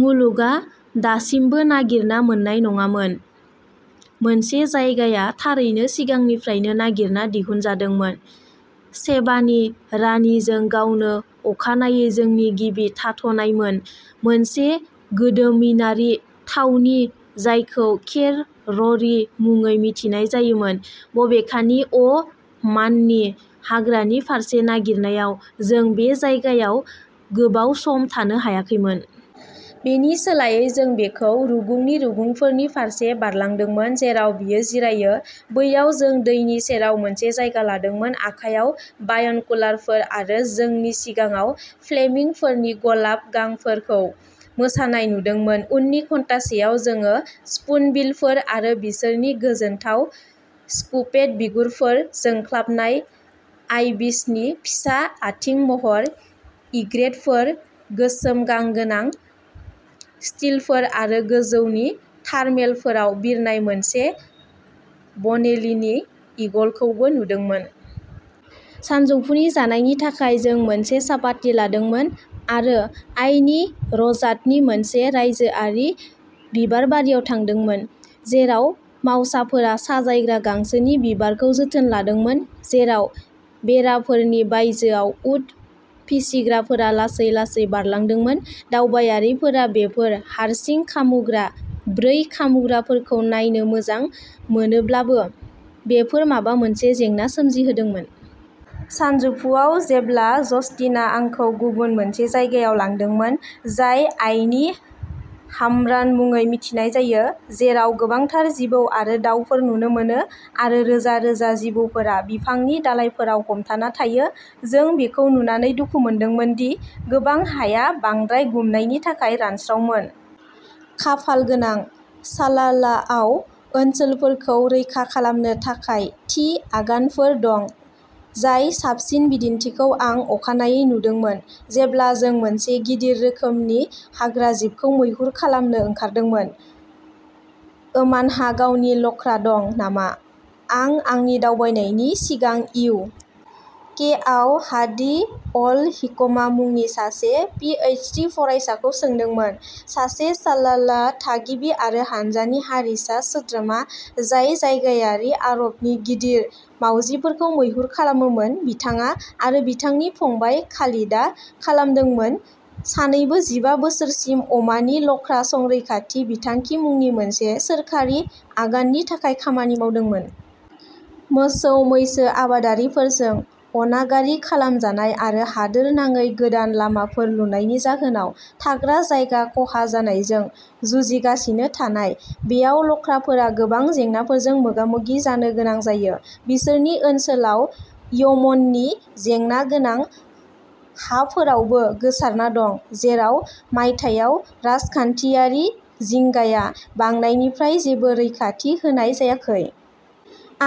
मुलुगआ दासिमबो नागिरना मोन्नाय नङामोन। मोनसे जायगाया थारैनो सिगांनिफ्रायनो नागिरना दिहुनजादोंमोन-शेबानि रानिजों गावनो-अखानायै जोंनि गिबि थाथ'नायमोन, मोनसे गोदोमिनारि थावनि जायखौ खोर र'रि मुङै मिथिनाय जायोमोन। बबेखानि, अ'माननि हाग्रानि फारसे नागिरनायाव, जों बे जायगायाव गोबाव सम थानो हायाखैमोन। बेनि सोलायै, जों बेखौ बै रुगुंनि रुगुंफोरनि फारसे बारलांदोंमोन जेराव बेयो जिरायो। बैयाव जों दैनि सेराव मोनसे जायगा लादोंमोन, आखायाव बायनकुलारफोर, आरो जोंनि सिगाङाव फ्लेमिंग'फोरनि गलाब गांफोरखौ मोसानाय नुदोंमोन। उननि घन्टासेआव, जों स्पुनबिलफोर आरो बिसोरनि गोजोनथाव स्कुपेड बिगुरफोर, जोंख्लाबनाय आइबिसनि फिसा आथिं महर, इग्रेतफोर, गोसोम गां गोनां स्टिल्टफोर आरो गोजौनि थार्मेलफोराव बिरनाय मोनसे बनेलिनि ईगलखौबो नुदोंमोन। सानजौफुनि जानायनि थाखाय, जों मोनसे चापाति लादोंमोन आरो आयने रजातनि मोनसे रायजोआरि बिबारबारियाव थांदोंमोन, जेराव मावसाफोरा साजायग्रा गांसोनि बिबारफोरखौ जोथोन लादोंमोन, जेराव, बेराफोरनि बायजोआव, उट फिसिग्राफोरा लासै-लासै बारलांदोंमोन। दावबायारिफ्रा बेफोर हारसिं-खामुग्रा ब्रै-खामुग्राफोरखौ नायनो मोजां मोनोब्लाबो, बेफोर माबा मोनसे जेंना सोमजिहोदोंमोन। सानजौफुआव, जेब्ला जस्टिनआ आंखौ गुबुन मोनसे जायगायाव लांदोंमोन, जायखौ आयने हामरान मुङै मिथिनाय जायो, जेराव गोबांथाराव जिबौ आरो दावफोर नुनो मोनो आरो रोजा-रोजा जिबौफोरा बिफांनि दालाइफोराव हमथाना थायो, जों बेखौ नुनानै दुखु मोनदोंमोन दि गोबां हाया बांद्राय गुमनायनि थाखाय रानस्रावमोन। खाफालगोनांै, सालालाहआव ओनसोलफोरखौ रैखा खालामनो थाखाय थि आगानफोर दं, जायनि साबसिन बिदिन्थिखौ आं अखानायै नुदोंमोन जेब्ला जों मोनसे गिदिर रोखोमनि हाग्राजिबखौ मैहुर खालामनो ओंखारदोंमोन। "ओमानहा गावनि लख्रा दं नामा?" आं आंनि दावबायनायनि सिगां इउ. के आव हादि अल हिकमानि मुंनि सासे पि एइच डि फरायसाखौ सोंदोंमोन। सासे सालालाह थागिबि आरो हानजानि हारिसा सोद्रोमा जाय जायगायारि आरबनि गिदिर मावजिफोरखौ मैहुर खालामोमोन, बिथाङा आरो बिथांनि फंबाय खालिदआ खालामदोंमोन। सानैबो जिबा बोसोरसिम अमानि लख्रा संरैखाथि बिथांखि मुंनि मोनसे सोरखारि आगाननि थाखाय खामानि मावदोंमोन। मोसौ-मैसो आबादारिफोरजों अनागारि खालामजानाय आरो हादोरनाङै गोदान लामाफोर लुनायनि जाहोनाव थाग्रा जायगा खहा जानायजों जुजिगासिनो थानाय, बेयाव लख्राफोरा गोबां जेंनाफोरजों मोगा-मोगि जानो गोनां जायो। बिसोरनि ओनसोलआ यमननि जेंनागोनां हाफोरावबो गोसारना दं, जेराव मायथाइयाव राजखान्थियारि जिंगाया बांनायनिफ्राय जेबो रैखाथि होनाय जायाखै।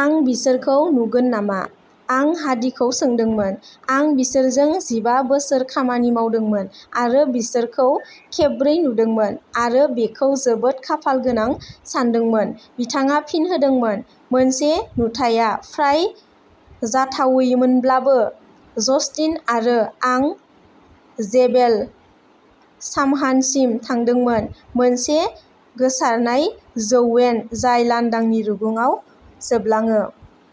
"आं बिसोरखौ नुगोन नामा?" आं हादीखौ सोंदोंमोन। "आं बिसोरजों जिबा बोसोर खामानि मावदोंमोन आरो बिसोरखौ खेबब्रै नुदोंमोन-आरो बेखौ जोबोद खाफालगोनां सानदोंमोन", बिथाङा फिन होदोंमोन। मोनसे नुथाया फ्राय जाथावैमोनब्लाबो, जस्टिन आरो आं जेबेल सामहानसिम थांदोंमोन, मोनसे गोसारनाय जौयेन जाय लांदांनि रुगुङाव जोबलाङो।